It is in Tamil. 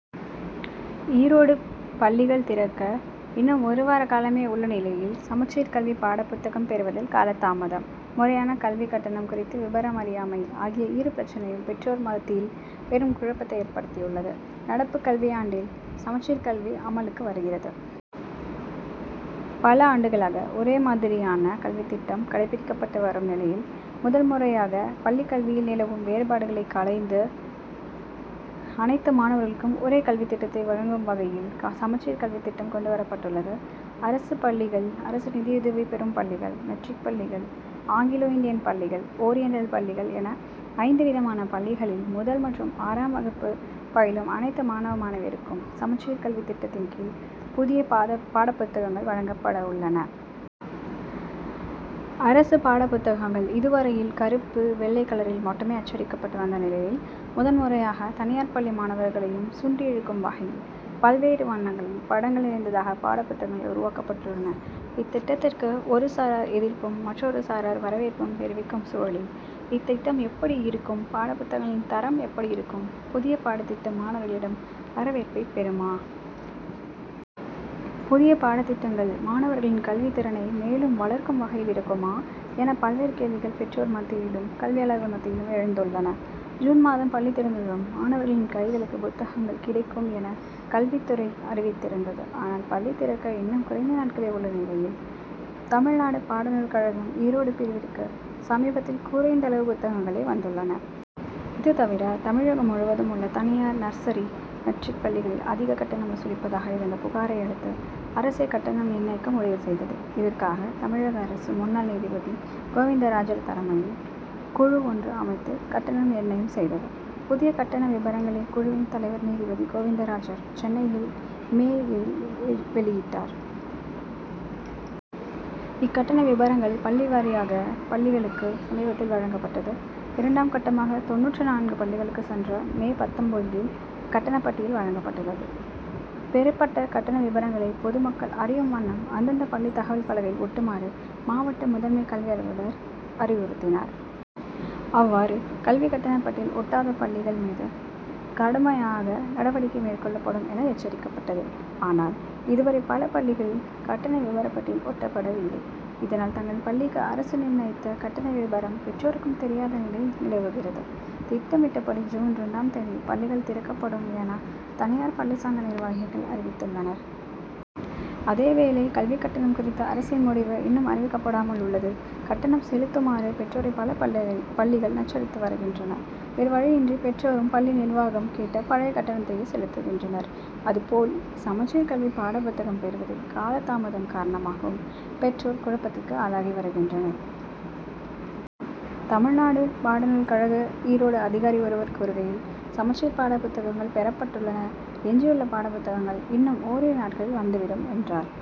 ஈரோடு பள்ளிகள் திறக்க இன்னும் ஒருவார காலமே உள்ள நிலையில் சமச்சீர் கல்வி பாடப்புத்தகம் பெறுவதில் காலதாமதம், முறையான கல்விக் கட்டணம் குறித்து விபரம் அறியாமை ஆகிய இரு பிரச்சனையும் பெற்றோர் மத்தியில் பெரும் குழப்பத்தை ஏற்படுத்தியுள்ளது. நடப்பு கல்வியாண்டில் சமச்சீர் கல்வி அமலுக்கு வருகிறது. பல ஆண்டுகளாக ஒரே மாதிரியான கல்வித்திட்டம் கடைபிடிக்கப்பட்டு வரும் நிலையில், முதன் முறையாக பள்ளிக் கல்வியில் நிலவும் வேறுபாடுகளை களைந்து, அனைத்து மாணவர்களுக்கும் ஒரே கல்வித்திட்டத்தை வழங்கும் வகையில், சமச்சீர் கல்வித்திட்டம் கொண்டு வரப்பட்டுள்ளது. அரசு பள்ளிகள், அரசு நிதியுதவி பெறும் பள்ளிகள், மெட்ரிக் பள்ளிகள், ஆங்கிலோ இந்தியன் பள்ளிகள், ஓரியண்டல் பள்ளிகள் என ஐந்து விதமான பள்ளிகளில் முதல் மற்றும் ஆறாம் வகுப்பு பயிலும் அனைத்து மாணவ, மாணவியருக்கும், சமச்சீர் கல்வி திட்டத்தின் கீழ் புதிய பாடப்புத்தகங்கள் வழங்கப்பட உள்ளன. அரசு பாடப்புத்தகங்கள் இதுவரையில் கறுப்பு, வெள்ளை கலரில் மட்டுமே அச்சடிக்கப்பட்டு வந்த நிலையில், முதன் முறையாக தனியார் பள்ளி மாணவர்களையும் சுண்டியிழுக்கும் வகையில், பல்வேறு வண்ணங்களில் படங்கள் நிறைந்ததாக பாடப்புத்தகங்கள் உருவாக்கப்பட்டுள்ளன. இத்திட்டத்துக்கு ஒரு சாரார் எதிர்ப்பும், மற்றொரு சாரார் வரவேற்பும் தெரிவிக்கும் சூழலில், இத்திட்டம் எப்படியிருக்கும், பாடப்புத்தகங்களின் தரம் எப்படி இருக்கும், புதிய பாடத்திட்டம் மாணவர்களிடம் வரவேற்பை பெறுமா? புதிய பாடத்திட்டங்கள் மாணவர்களின் கல்வித்திறனை மேலும் வளர்க்கும் வகையில் இருக்குமா? என பல்வேறு கேள்விகள் பெற்றோர் மத்தியிலும், கல்வியாளர்கள் மத்தியிலும் எழுந்துள்ளன. ஜூன் மாதம் பள்ளி திறந்ததும் மாணவர்களின் கைகளுக்கு புத்தகங்கள் கிடைக்கும் என கல்வித்துறை அறிவித்திருந்தது. ஆனால், பள்ளி திறக்க இன்னும் குறைந்த நாட்களே உள்ள நிலையில் தமிழ்நாடு பாடநூல் கழகம் ஈரோடு பிரிவுக்கு சமீபத்தில் குறைந்தளவு புத்தகங்களே வந்துள்ளன. இது தவிர, தமிழகம் முழுவதும் உள்ள தனியார், நர்ஸரி, மெட்ரிக் பள்ளிகளில் அதிக கட்டணம் வசூலிப்பதாக எழுந்த புகாரை அடுத்து, அரசே கட்டணம் நிர்ணயிக்க முடிவு செய்தது. இதற்காக தமிழக அரசு முன்னாள் நீதிபதி கோவிந்தராஜர் தலைமையில் குழு ஒன்று அமைத்து கட்டணம் நிர்ணயம் செய்தது. புதிய கட்டண விபரங்களை, குழுவின் தலைவர் நீதிபதி கோவிந்தராஜர் சென்னையில் மே ஏழில் வெளியிட்டார். இக்கட்டண விபரங்கள் பள்ளி வாரியாக பள்ளிகளுக்கு சமீபத்தில் வழங்கப்பட்டது. இரண்டாம் கட்டமாக தொண்ணூற்று நான்கு பள்ளிகளுக்கு சென்ற மே பத்தொன்பதில் கட்டண பட்டியல் வழங்கப்பட்டது. பெறப்பட்ட கட்டண விபரங்களை பொதுமக்கள் அறியும் வண்ணம் அந்தந்த பள்ளி தகவல் பலகையில் ஒட்டுமாறு மாவட்ட முதன்மை கல்வி அலுவலர் அறிவுறுத்தினார். அவ்வாறு கல்வி கட்டண பட்டியல் ஒட்டாத பள்ளிகள் மீது கடுமையாக நடவடிக்கை மேற்கொள்ளப்படும் என எச்சரிக்கப்பட்டது. ஆனால், இதுவரை பல பள்ளிகளில் கட்டண விபரப்பட்டியல் ஒட்டப்படவில்லை. இதனால், தங்கள் பள்ளிக்கு அரசு நிர்ணயித்த கட்டண விபரம் பெற்றோருக்கும் தெரியாத நிலை நிலவுகிறது. திட்டமிட்டபடி ஜூன் இரண்டாம் தேதி பள்ளிகள் திறக்கப்படும் என தனியார் பள்ளி சங்க நிர்வாகிகள் அறிவித்துள்ளனர். அதேவேளை கல்விக் கட்டணம் குறித்த அரசின் முடிவு இன்னும் அறிவிக்கப்படாமல் உள்ளது. கட்டணம் செலுத்துமாறு பெற்றோரை பல பள்ளிகள் நச்சரித்து வருகின்றன. வேறு வழியின்றி பெற்றோரும் பள்ளி நிர்வாகம் கேட்ட பழைய கட்டணத்தையே செலுத்துகின்றனர். அதுபோல் சமச்சீர் கல்வி பாடப்புத்தகம் பெறுவதில் காலதாமதம் காரணமாகவும் பெற்றோர் குழப்பத்துக்கு ஆளாகி வருகின்றனர். தமிழ்நாடு பாடநூல் கழக ஈரோடு அதிகாரி ஒருவர் கூறுகையில், சமச்சீர் பாடப்புத்தகங்கள் பெறப்பட்டுள்ளன. எஞ்சியுள்ள பாடப்புத்தகங்கள் இன்னும் ஓரிரு நாட்களில் வந்துவிடும், என்றார்.